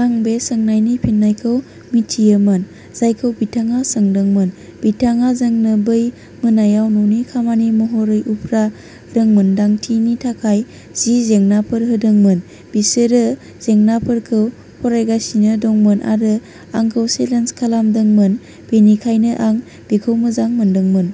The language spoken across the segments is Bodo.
आं बे सोंनायनि फिननायखौ मिथियोमोन, जायखौ बिथाङा सोंदोंमोन, बिथाङा जोंनो बै मोनायाव न'नि खामानि महरै उफ्रा रोंमोनदांथिनि थाखाय जि जेंनाफोर होदोंमोन। बिसोरो जेंनाफोरखौ फरायगासिनो दंमोन आरो आंखौ चेलेन्ज खालामदोंमोन, बेनिखायनो आं बेखौ मोजां मोनदोंमोन।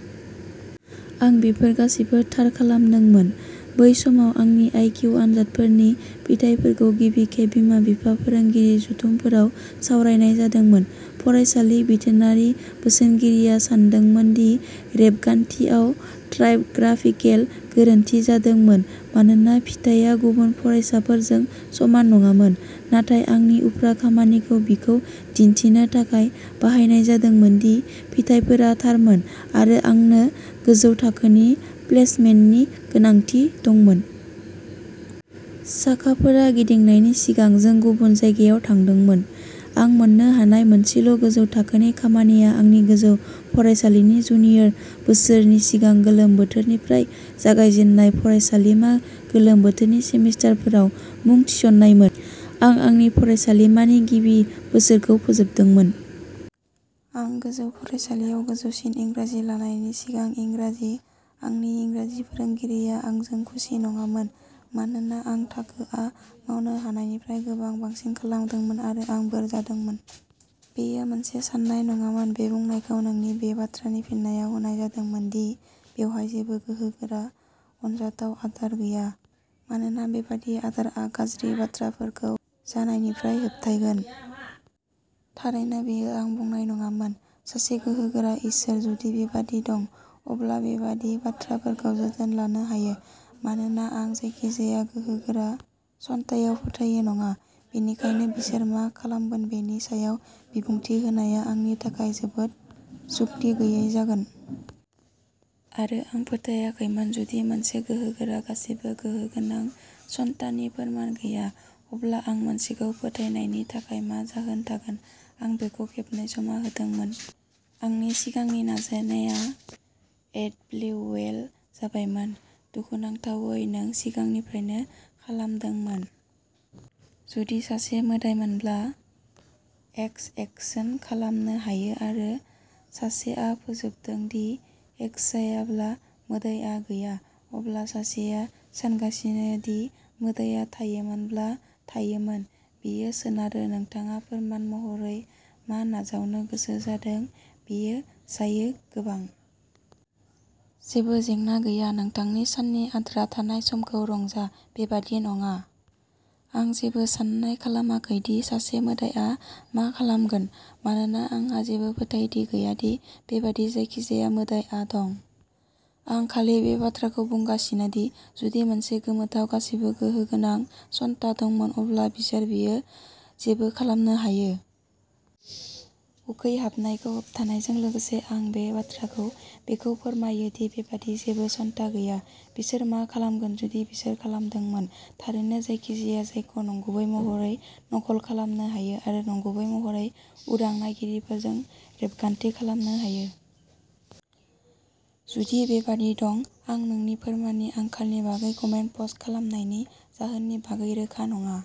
आं बेफोर गासैबो थार खालामदोंमोन। बै समाव आंनि आइ किउ आनजादफोरनि फिथायफोरखौ गिबि खेब बिमा-बिफा फोरोंगिरि जथुमफोराव सावरायनाय जादोंमोन। फरायसालि बिथोनारि बोसोनगिरिया सान्दोंमोन दि रेबगान्थियाव टाइप'ग्राफिकेल गोरोन्थि जादोंमोन मानोना फिथाया गुबुन फरायसाफोरजों समान नङामोन, नाथाय आंनि उफ्रा खामानिखौ बिखौ दिन्थिनो थाखाय बाहायनाय जादोंमोन दि फिथायफोरा थारमोन आरो आंनो गोजौ थाखोनि प्लेसमेन्टनि गोनांथि दंमोन। साखाफोरा गिदिंनायनि सिगां जों गुबुन जायगायाव थांदोंमोन। आं मोन्नो हानाय मोनसेल'गोजौ थाखोनि खामानिया आंनि गोजौ फरायसालिनि जुनियर बोसोरनि सिगां गोलोम बोथोरनिफ्राय जागायजेन्नाय फरायसालिमा गोलोम बोथोरनि सेमिस्टारफोराव मुं थिसननायमोन। आं आंनि फरायसालिमानि गिबि बोसोरखौ फोजोबदोंमोन। आं गोजौ फरायसालियाव गोजौसिन इंराजि लानायनि सिगां इंराजि। आंनि इंराजि फोरोंगिरिआ आंजों खुसि नङामोन मानोना आं थाखोआ मावनो हानायनिफ्राय गोबां बांसिन खालामदोंमोन आरो आं बोर जादोंमोन। बेयो मोनसे सान्नाय नङामोन। बे बुंनायखौ नोंनि बे बाथ्रानि फिननायाव होनाय जादोंमोन दि बेवहाय जेबो गोहोगोरा, अनजाथाव आदार गैया, मानोना बेबादि आदारआ गाज्रि बाथ्राफोरखौ जानायनिफ्राय होबथायगोन। थारैनो बेयो आं बुंनाय नङामोन। सासे गोहोगोरा इसोर, जुदि बेबादि दं, अब्ला बेबादि बाथ्राफोरखौ जोथोन लानो हायो। मानोना आं जायखिजाया गोहोगोरा सत्तायाव फोथायो नङा, बेनिखायनो बिसोर मा खालामगोन बेनि सायाव बिबुंथि होनाया आंनि थाखाय जोबोद जुक्ति गैयै जागोन। आरो आं फोथायाखैमोन। जुदि मोनसे गोहोगोरा गासैबो गोहो गोनां सत्तानि फोरमान गैया, अब्ला आं मोनसेखौ फोथायनायनि थाखाय मा जाहोन थागोन। आं बेखौ खेबनै जमा होदोंमोन। आंनि सिगांनि नाजानाया एडब्लिउअएल जाबायमोन। दुखुनांथावै, नों सिगांनिफ्रायनो खालामदोंमोन। जुदि सासे मोदायमोनब्ला। एक्स एक्शन खालामनो हायो नङा आरो सासेया फोजोबदों दि एक्स जायाब्ला मोदाइया गैया, अब्ला सासेया सानगासिनो दि मोदाइया थायोमोनब्ला थायोमोन। बेयो सोनारो। नोंथाङा फोरमान महरै मा नाजावनो गोसो जादों बेयो जायो, गोबां। जेबो जेंना गैया। नोंथांनि साननि आद्रा थानाय समखौ रंजा। बेबादि नङा। आं जेबो सान्नाय खालामाखै दि सासे मोदाइया मा खालामगोन मानोना आंहा जेबो फोथायथि गैया दि बेबादि जायखिजाया मोदाइया दं। आं खालि बे बाथ्राखौ बुंगासिनो दि, जुदि मोनसे गोमोथाव गासैबो गोहो गोनां सत्ता दंमोन, अब्ला बिसोर बेयो जेबो खालामनो हायो। उखैहाबनायखौ होबथानायजों लोगोसे। आं बे बाथ्राखौ बेखौ फोरमायो दि बेबादि जेबो सत्ता गैया। बिसोर मा खालामगोन जुदि बिसोर खालामदोंमोन। थारैनो जायखिजाया जायखौ नंगुबै महरै नकल खालामनो हायो आरो नंगुबै महरै उदां नायगिरिफोरजों रेबगान्थि खालामनो हायो। जुदि बेबादि दं, आं नोंनि फोरमाननि आंखालनि बागै कमेन्ट पस्ट खालामनायनि जाहोननि बागै रोखा नङा।